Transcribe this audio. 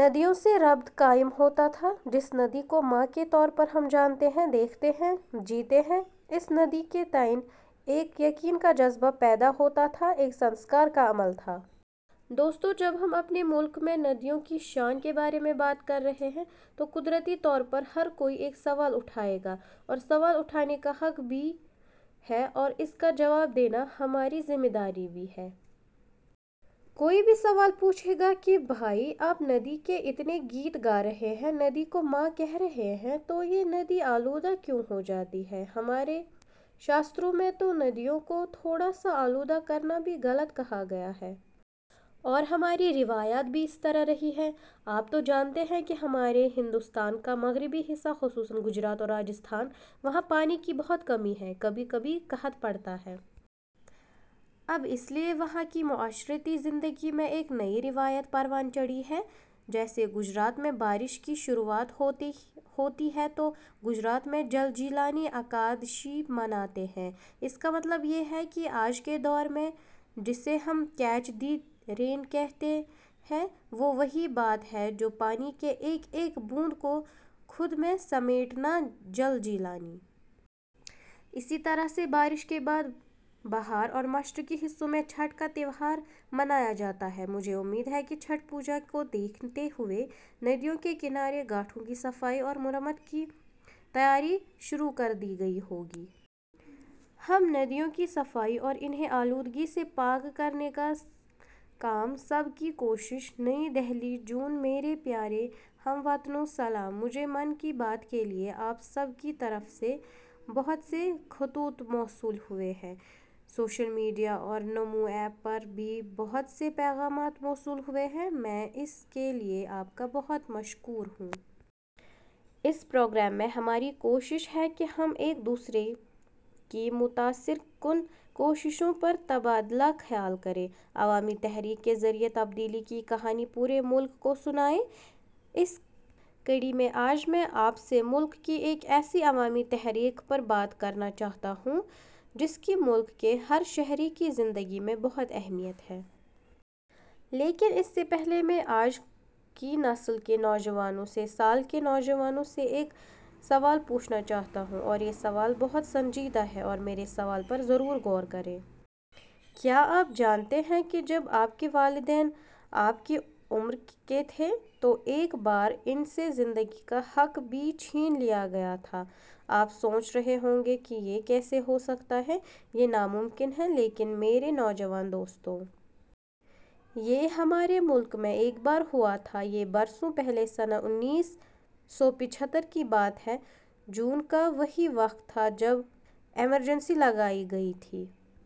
ندیوں سے ربط قائم ہوتاتھا۔ جس ندی کو ماں کے طور پر ہم جانتے ہیں ، دیکھتے ہیں ، جیتے ہیں اس ندی کے تئیں ایک یقین کا جذبہ پیدا ہوتا تھا۔ ایک سنسکار کا عمل تھا۔ دوستو ، جب ہم اپنے ملک میں ندیوں کی شان کے بارے میں بات کر رہے ہیں تو قدرتی طور پر ہر کوئی ایک سوال اٹھائے گا اور سوال اٹھانے کا حق بھی ہے اور اس کا جواب دینا ہماری ذمہ داری بھی ہے۔ کوئی بھی سوال پوچھے گا کہ بھائی آپ ندی کے اتنے گیت گا رہے ہیں ، ندی کو ماں کہہ رہے ہیں ، تو یہ ندی آلودہ کیوں ہوجاتی ہے؟ ہمارے شاستروں میں تو ندیوں کو تھوڑا سا آلودہ کرنا بھی غلط کہا گیا ہے۔ اور ہماری روایات بھی اس طرح رہی ہیں ، آپ تو جانتے ہیں کہ ہمارے ہندوستان کا مغربی حصہ خصوصا گجرات اور راجستھان ، وہاں پانی کی بہت کمی ہے۔ کبھی کبھی قحط پڑتا ہے۔ اب اس لیے وہاں کی معاشرتی زندگی میں ایک نئی روایت پروان چڑھی ہے۔ جیسے گجرات میں بارش کی شروعات ہوتی ہے تو گجرات میں جل– جیلانی اکادشی مناتے ہیں۔ اس کا مطلب یہ ہے کہ آج کے دور میں ، جسے ہم 'کیچ دی رین' کہتے ہیں ،وہ وہی بات ہے جو پانی کے ایک ایک بوند کو خود میں سمیٹنا، جل – جیلانی۔ اسی طرح سے بارش کے بعد بہار اور مشرقی حصوں میں چھٹ کا تہوار منایا جاتا ہے۔ مجھے امید ہے کہ چھٹ پوجا کو دیکھتے ہوئے ندیوں کے کنارے ، گھاٹوں کی صفائی اور مرمت کی تیاری شروع کر دی گئی ہوگی۔ ہم ندیوں کی صفائی اور انہیں آلودگی سے پاک کرنے کا کام سب کی کوشش. نئی دہلی، /جون۔ میرے پیارے ہم وطنو، سلام۔ مجھے 'من کی بات' کے لیے آپ سب کی طرف سے بہت سے خطوط موصول ہوئے ہیں، سوشل میڈیا اور نمو ایپ پر بھی بہت سے پیغامات موصول ہوئے ہیں، میں اس کے لیے آپ کا بہت مشکور ہوں۔ اس پروگرام میں ہماری کوشش ہے کہ ہم ایک دوسرے کی متاثر کن کوششوں پر تبادلہ خیال کریں، عوامی تحریک کے ذریعے تبدیلی کی کہانی پورے ملک کو سنائیں۔ اس کڑی میں آج میں آپ سے ملک کی ایک ایسی عوامی تحریک پر بات کرنا چاہتا ہوں، جس کی ملک کے ہر شہری کی زندگی میں بہت اہمیت ہے۔ لیکن، اس سے پہلے، میں آج کی نسل کے نوجوانوں سے، - سال کے نوجوانوں سے ایک سوال پوچھنا چاہتا ہوں، اور یہ سوال بہت سنجیدہ ہے، اور میرے سوال پر ضرور غور کریں۔ کیا آپ جانتے ہیں کہ جب آپ کے والدین آپ کی عمر کے تھے تو ایک بار ان سے زندگی کا حق بھی چھین لیا گیا تھا! آپ سوچ رہے ہوں گے کہ یہ کیسے ہوسکتا ہے؟ یہ ناممکن ہے، لیکن میرے نوجوان دوستو! یہ ہمارے ملک میں ایک بار ہوا تھا۔ یہ برسوں پہلے سنہ انیس سو پچھتر کی بات ہے۔ جون کا وہی وقت تھا جب ایمرجنسی لگائی گئی تھی۔